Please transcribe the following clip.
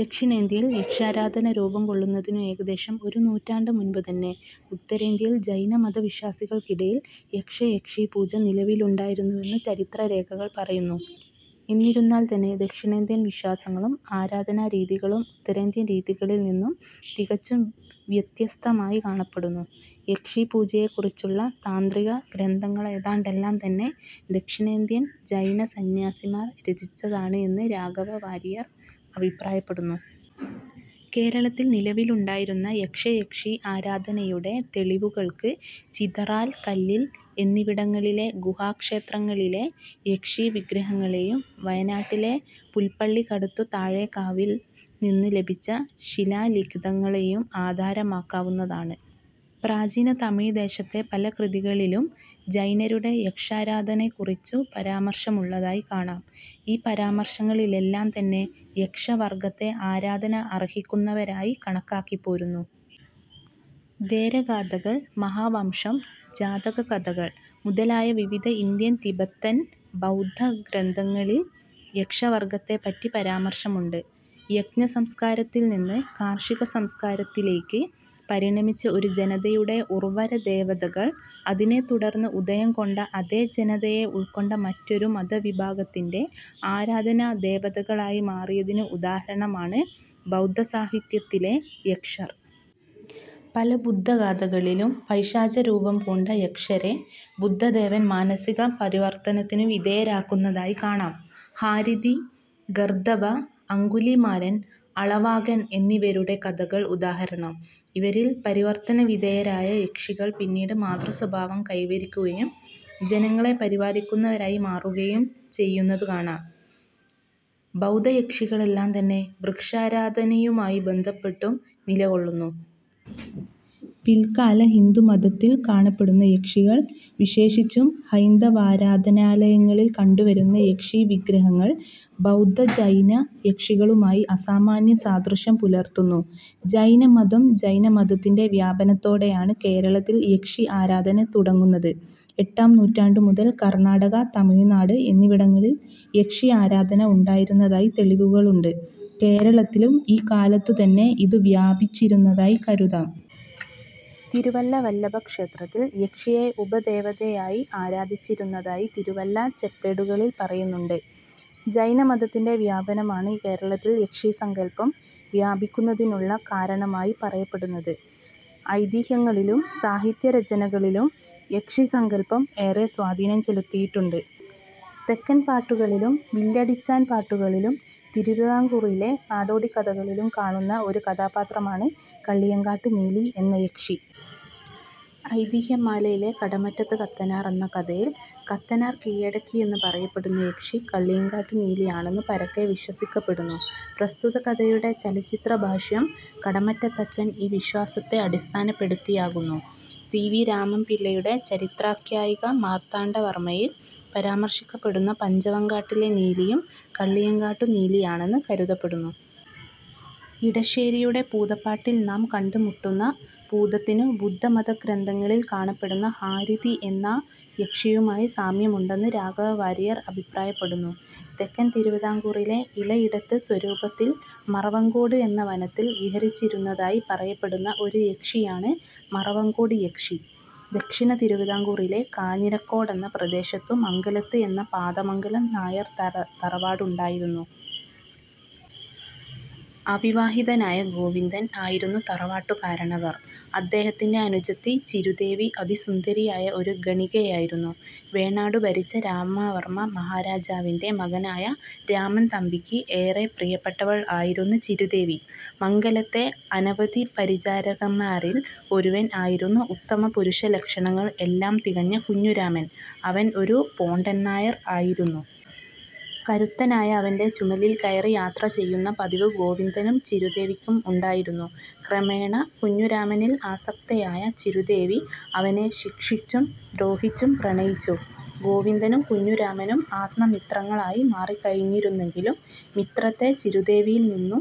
ദക്ഷിണേന്ത്യയിൽ യക്ഷാരാധന രൂപം കൊള്ളുന്നതിനു ഏകദേശം ഒരു നൂറ്റാണ്ടു മുൻപ് തന്നെ ഉത്തരേന്ത്യയിൽ ജൈന മത വിശ്വാസികൾക്കിടയിൽ യക്ഷ-യക്ഷീ പൂജ നിലവിലുണ്ടായിരുന്നുവെന്നു ചരിത്ര രേഖകൾ പറയുന്നു. എന്നിരുന്നാൽ തന്നെ ദക്ഷിണേന്ത്യൻ വിശ്വാസങ്ങളും ആരാധനാ രീതികളും ഉത്തരേന്ത്യൻ രീതികളിൽ നിന്നും തികച്ചും വ്യത്യസ്തമായി കാണപ്പെടുന്നു. യക്ഷീ പൂജയെ കുറിച്ചുള്ള താന്ത്രിക ഗ്രന്ഥങ്ങളേതാണ്ടെല്ലാം തന്നെ ദക്ഷിണേന്ത്യൻ ജൈന സന്യാസിമാർ രചിച്ചതാണ് എന്ന് രാഘവ വാരിയർ അഭിപ്രായപ്പെടുന്നു. കേരളത്തിൽ നിലവിലുണ്ടായിരുന്ന യക്ഷ-യക്ഷീ ആരാധനയുടെ തെളിവുകൾക്ക് ചിതറാൽ, കല്ലിൽ എന്നിവിടങ്ങളിലെ ഗുഹാക്ഷേത്രങ്ങളിലെ യക്ഷീ വിഗ്രഹങ്ങളെയും വയനാട്ടിലെ പുല്പ്പള്ളിക്കടുത്തു താഴെക്കാവിൽ നിന്ന് ലഭിച്ച ശിലാലിഖിതങ്ങളെയും ആധാരമാക്കാവുന്നതാണ്. പ്രാചീന തമിഴ് ദേശത്തെ പല കൃതികളിലും ജൈനരുടെ യക്ഷാരാധനെയെക്കുറിച്ചു പരാമാർശമുള്ളതായി കാണാം. ഈ പരാമർശങ്ങളിലെല്ലാം തന്നെ യക്ഷ വർഗത്തെ ആരാധന അർഹിക്കുന്നവരായി കണക്കാക്കിപ്പോരുന്നു. ഥേരഗാഥകൾ, മഹാവംശം, ജാതക കഥകൾ മുതലായ വിവിധ ഇന്ത്യൻ, തിബത്തൻ ബൗദ്ധഗ്രന്ഥങ്ങളിൽ യക്ഷവർഗത്തെ പറ്റി പരാമർശമുണ്ട്. യജ്ഞസംസ്കാരത്തിൽ നിന്ന് കാർഷികസംസ്കാരത്തിലെയ്ക്ക് പരിണമിച്ച ഒരു ജനതയുടെ ഉർവര ദേവതകൾ, അതിനെ തുടർന്ന് ഉദയം കൊണ്ട, അതെ ജനതയെ ഉൾക്കൊണ്ട, മറ്റൊരു മതവിഭാഗത്തിന്റെ ആരാധനാ ദേവതകളായി മാറിയതിനു ഉദാഹരണമാണ് ബൗദ്ധസാഹിത്യത്തിലെ യക്ഷർ. പല ബുദ്ധഗാഥകളിലും പൈശാചരൂപം പൂണ്ട യക്ഷരെ ബുദ്ധദേവൻ മാനസിക പരിവർത്തനത്തിനു വിധേയരാക്കുന്നതായി കാണാം. ഹാരിതി, ഗർദ്ദഭ, അംഗുലീമാലൻ, അളവാകൻ എന്നിവരുടെ കഥകൾ ഉദാഹരണം. ഇവരിൽ പരിവർത്തനവിധേയരായ യക്ഷികൾ പിന്നീട് മാതൃസ്വഭാവം കൈവരിക്കുകയും ജനങ്ങളെ പരിപാലിക്കുന്നവരായി മാറുകയും ചെയ്യുന്നതു കാണാം. ബൗദ്ധയക്ഷികളെല്ലാം തന്നെ വൃക്ഷാരാധനയുമായി ബന്ധപ്പെട്ടും നിലകൊള്ളുന്നു. പില്ക്കാല ഹിന്ദുമതത്തിൽ കാണപ്പെടുന്ന യക്ഷികൾ, വിശേഷിച്ചും ഹൈന്ദവാരാധനാലയങ്ങളിൽ കണ്ടു വരുന്ന യക്ഷീവിഗ്രഹങ്ങൾ, ബൗദ്ധ-ജൈന യക്ഷികളുമായി അസാമാന്യ സാദൃശ്യം പുലർത്തുന്നു. ജൈനമതം ജൈനമതത്തിന്റെ വ്യാപനത്തോടെയാണ് കേരളത്തിൽ യക്ഷിആരാധന തുടങ്ങുന്നത്. എട്ടാം നൂറ്റാണ്ടു മുതൽ കർണ്ണാടക, തമിഴ്നാട് എന്നിവിടങ്ങളിൽ യക്ഷി ആരാധന ഉണ്ടായിരുന്നതായി തെളിവുകളുണ്ട്. കേരളത്തിലും ഈ കാലത്തു തന്നെ ഇതു വ്യാപിച്ചിരുന്നതായി കരുതാം. തിരുവല്ല വല്ലഭക്ഷേത്രത്തിൽ യക്ഷിയെ ഉപദേവതയായി ആരാധിച്ചിരുന്നതായി തിരുവല്ല ചെപ്പേടുകളിൽ പറയുന്നുണ്ട്. ജൈന മതത്തിന്റെ വ്യാപനമാണ് കേരളത്തിൽ യക്ഷിസങ്കൽപം വ്യാപിക്കുന്നതിനുള്ള കാരണമായി പറയപ്പെടുന്നത്. ഐതിഹ്യങ്ങളിലും സാഹിത്യരചനകളിലും യക്ഷിസങ്കല്പം ഏറെ സ്വാധീനം ചെലുത്തിയിട്ടുണ്ട്. തെക്കൻ പാട്ടുകളിലും വില്ലടിച്ചാൻപാട്ടുകളിലും തിരുവിതാംകൂറിലെ നാടോടിക്കഥകളിലും കാണുന്ന ഒരു കഥാപാത്രമാണ് കള്ളിയങ്കാട്ട് നീലി എന്ന യക്ഷി. ഐതിഹ്യ മാലയിലെ "കടമറ്റത്ത് കത്തനാർ" എന്ന കഥയിൽ കത്തനാർ കീഴടക്കി എന്ന് പറയപ്പെടുന്ന യക്ഷി കള്ളിയങ്കാട്ടു നീലി ആണെന്ന് പരക്കെ വിശ്വസിക്കപ്പെടുന്നു. പ്രസ്തുത കഥയുടെ ചലച്ചിത്ര ഭാഷ്യം, കടമറ്റത്തച്ചൻ, ഈ വിശ്വാസത്തെ അടിസ്ഥാനപ്പെടുത്തിയാകുന്നു. സി. വി. രാമൻ പിള്ളയുടെ ചരിത്രാഖ്യായിക മാർത്താണ്ഠവർമയിൽ പരാമർശിക്കപ്പെടുന്ന "പഞ്ചവങ്കാട്ടിലെ നീലി" യും കള്ളിയങ്കാട്ടു നീലിയാണെന്ന് കരുതപ്പെടുന്നു. ഇടശ്ശേരിയുടെ പൂതപ്പാട്ടിൽ നാം കണ്ടുമുട്ടുന്ന പൂതത്തിനു ബുദ്ധമതഗ്രന്ഥങ്ങളിൽ കാണപ്പെടുന്ന ഹാരിതി എന്നാ യക്ഷിയുമായി സാമ്യമുണ്ടെന്ന് രാഘവ വാരിയർ അഭിപ്രായപ്പെടുന്നു. തെക്കൻ തിരുവിതാംകൂറിലെ ഇളയിടത്ത് സ്വരൂപത്തിൽ മറവങ്കോട് എന്ന വനത്തിൽ വിഹരിച്ചിരുന്നതായി പറയപ്പെടുന്ന ഒരു യക്ഷിയാണ് മറവങ്കോട് യക്ഷി. ദക്ഷിണ തിരുവിതാംകൂറിലെ കാഞ്ഞിരക്കോടെന്ന പ്രദേശത്തു 'മംഗലത്ത്' എന്ന പാതമംഗലം നായർ തറവാട് ഉണ്ടായിരുന്നു. അവിവാഹിതനായ ഗോവിന്ദൻ ആയിരുന്നു തറവാട്ടു കാരണവർ. അദ്ദേഹത്തിന്റെ അനുജത്തി ചിരുതേവി അതിസുന്ദരിയായ ഒരു ഗണികയായിരുന്നു. വേണാടു ഭരിച്ച രാമവർമ്മ മഹാരാജാവിൻറെ മകനായ രാമൻതമ്പിയ്ക്ക് ഏറെ പ്രിയപ്പെട്ടവൾ ആയിരുന്നു ചിരുതേവി. മംഗലത്തെ അനവധി പരിചാരകന്മാരിൽ ഒരുവൻ ആയിരുന്നു ഉത്തമപുരുഷലക്ഷണങ്ങൾ എല്ലാം തികഞ്ഞ കുഞ്ഞുരാമൻ. അവൻ ഒരു പോണ്ടൻനായർ ആയിരുന്നു. കരുത്തനായ അവന്റെ ചുമലിൽക്കയറി യാത്രചെയ്യുന്ന പതിവു ഗോവിന്ദനും ചിരുതേവിക്കും ഉണ്ടായിരുന്നു. ക്രമേണ കുഞ്ഞുരാമനിൽ ആസക്തയായ ചിരുതേവി അവനെ ശിക്ഷിച്ചും ദ്രോഹിച്ചും പ്രണയിച്ചു. ഗോവിന്ദനും കുഞ്ഞുരാമനും ആത്മമിത്രങ്ങളായി മാറിക്കഴിഞ്ഞിരുന്നെങ്കിലും മിത്രത്തെ ചിരുതേവിയിൽ നിന്നു